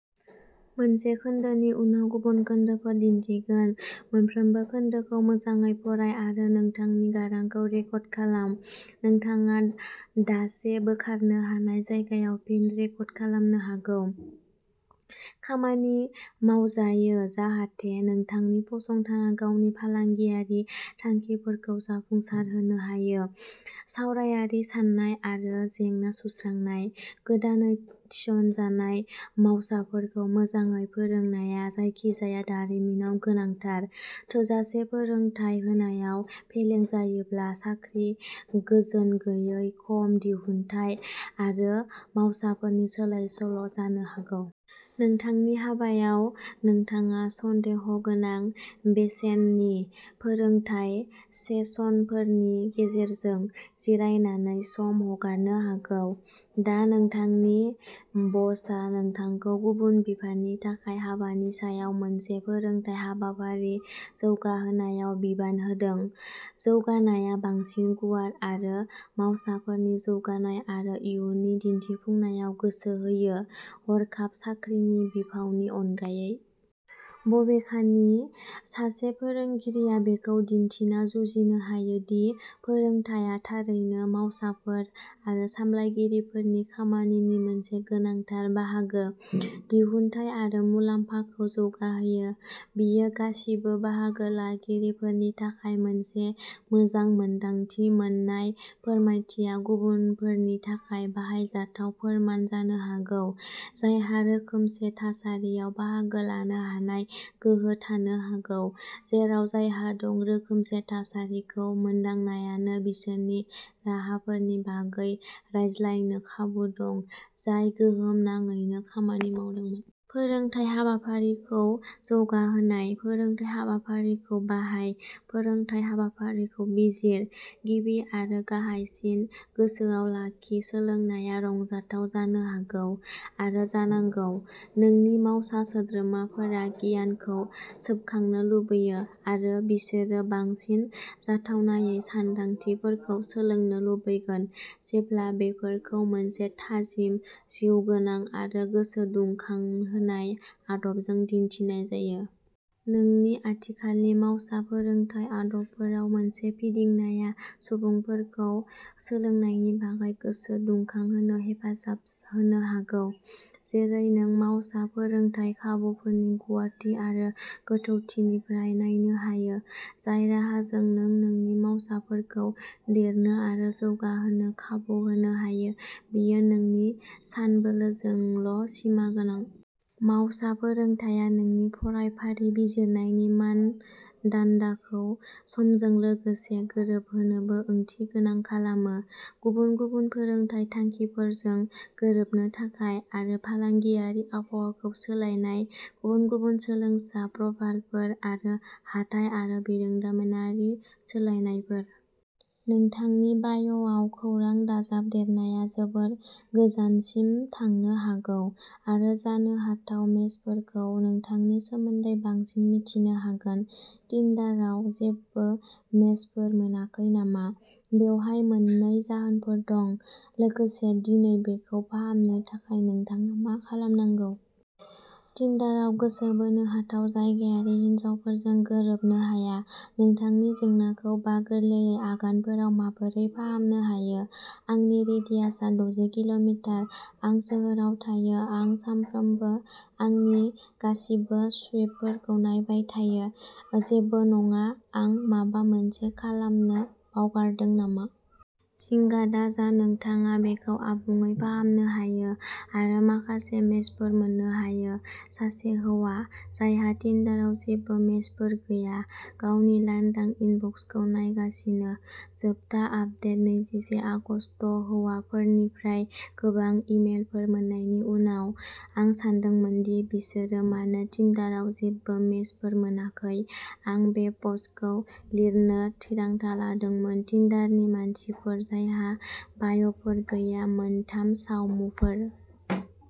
खामानि मावजायो जाहाथे नोंथांनि फसंथाना गावनि फालांगियारि थांखिफोरखौ जाफुंसारहोनो हायो। सावरायारि साननाय आरो जेंना सुस्रांनाय। गोदानै थिसनजानाय मावसाफोरखौ मोजाङै फोरोंनाया जायखिजाया दारिमिनाव गोनांथार। थोजासे फोरोंथाय होनायाव फेलें जायोब्ला साख्रि गोजोन गैयै, खम दिहुनथाइ आरो मावसाफोरनि सोलाय-सोल' जानो हागौ। नोंथांनि हाबायाव, नोंथाङा सन्देहगोनां बेसेननि फोरोंथाय सेसनफोरनि गेजेरजों जिरायनानै सम हगारनो हागौ। दा नोंथांनि बसआ नोंथांखौ गुबुन बिफाननि थाखाय हाबानि सायाव मोनसे फोरोंथाय हाबाफारि जौगाहोनायाव बिबान होदों। जौगानायआ बांसिन गुवार आरो मावसाफोरनि जौगानाय आरो इयुननि दिन्थिफुंनायाव गोसो होयो, हरखाब साख्रिनि बिफावनि अनगायै। बबेखानि, सासे फोरोंगिरिया बेखौ दिन्थिना जुजिनो हायो दि फोरोंथाया थारैनो मावसाफोर आरो सामलायगिरिफोरनि खामानिनि मोनसे गोनांथार बाहागो। दिहुनथाइ आरो मुलाम्फाखौ जौगाहोयो। बेयो गासिबो बाहागो लागिरिफोरनि थाखाय मोनसे मोजां मोन्दांथि मोन्नाय फोरमायथिया गुबुनफोरनि थाखाय बाहायजाथाव फोरमान जानो हागौ जायहा रोखोमसे थासारियाव बाहागो लानो हानाय गोहो थानो हागौ, जेराव जायहा दं रोखोमसे थासारिखौ मोनदांनायानो बिसोरनि राहाफोरनि बागै रायज्लायनो खाबु दं जाय गोहोम गोनाङैनो खामानि मावदोंमोन। फोरोंथाय हाबाफारिखौ जौगाहोनाय। फोरोंथाय हाबाफारिखौ बाहाय। फोरोंथाय हाबाफारिखौ बिजिर। गिबि आरो गाहायसिन, गोसोआव लाखि सोलोंनाया रंजाथाव जानो हागौ आरो जानांगौ। नोंनि मावसा सोद्रोमाफोरा गियानखौ सोबखांनो लुबैयो, आरो बिसोरो बांसिन जाथावनायै सानदांथिफोरखौ सोलोंनो लुबैगोन जेब्ला बेफोरखौ मोनसे थाजिम, जिउगोनां आरो गोसो दुंखांहोनाय आदबजों दिन्थिनाय जायो। नोंनि आथिखालनि मावसा फोरोंथाय आदबफोराव मोनसे फिदिंनाया सुबुंफोरखौ सोलोंनायनि बागै गोसो दुंखांहोनो हेफाजाब होनो हागौ। जेरै नों मावसा फोरोंथाय खाबुफोरनि गुवारथि आरो गोथौथिनिफ्राय नायनो हायो, जाय राहाजों नों नोंनि मावसाफोरखौ देरनो आरो जौगाहोनो खाबु होनो हायो बेयो नोंनि सानबोलोजोंल' सिमा गोनां। मावसा फोरोंथाया नोंनि फरायफारि बिजिरनायनि मान दान्दाखौ समजों लोगोसे गोरोब होनोबो ओंथि गोनां खालामो, गुबुन गुबुन फोरोंथाय थांखिफोरजों गोरोबनो थाखाय। आरो फालांगियारि आबहावाखौ सोलायनाय, गुबुन गुबुन सोलोंसा प्रफाइलफोर, आरो हाथाइ आरो बिरोंदामिनारि सोलायनायफोर। नोंथांनि बाय'आव खौरां दाजाबदेरनाया जोबोद गोजानसिन थांनो हागौ आरो जानो हाथाव मेचफोरखौ नोंथांनि सोमोन्दै बांसिन मिथिनो हागोन। टिन्डाराव जेबो मेचफोर मोनाखै नामा? बेवहाय मोननै जाहोनफोर दं, लोगोसे दिनै बेखौ फाहामनो थाखाय नोंथां मा खालामनांगौ। टिन्डाराव गोसो बोनो हाथाव जायगायारि हिनजावफोरजों गोरोबनो हाया नोंथांनि जेंनाखौ बा गोरलै आगानफोराव माबोरै फाहामनो हायो आंनि रेडियासआ दजि किल'मिटार। आं सोहोराव थायो। आं सानफ्रोमबो आंनि गासिबो स्वाइपफोरखौ नायबाय थायो। जेबो नङा? आं माबा मोनसे खालामनो बावगारदों नामा? जिंगा दाजा नोंथाङा बेखौ आबुङै फाहामनो हायो आरो माखासे मेचफोर मोननो हायो। सासे हौवा जायहा टिन्डाराव जेबो मेचफोर गैया, गावनि लांदां इनबक्सखौ नायगासिनो। जोबथा आपदेट नैजिसे आगस्त हौवाफोरनिफ्राय गोबां इमेलफोर मोननायनि उनाव, आं सानदोंमोन दि बिसोर मानो टिन्डाराव जेबो मेचफोर मोनाखै, आं बे पस्टखौ लिरनो थिरांथा लादोंमोन। टिन्डारनि मानसिफोर जायहा बाय'फोर गैया, मोनथाम सावमुफोर।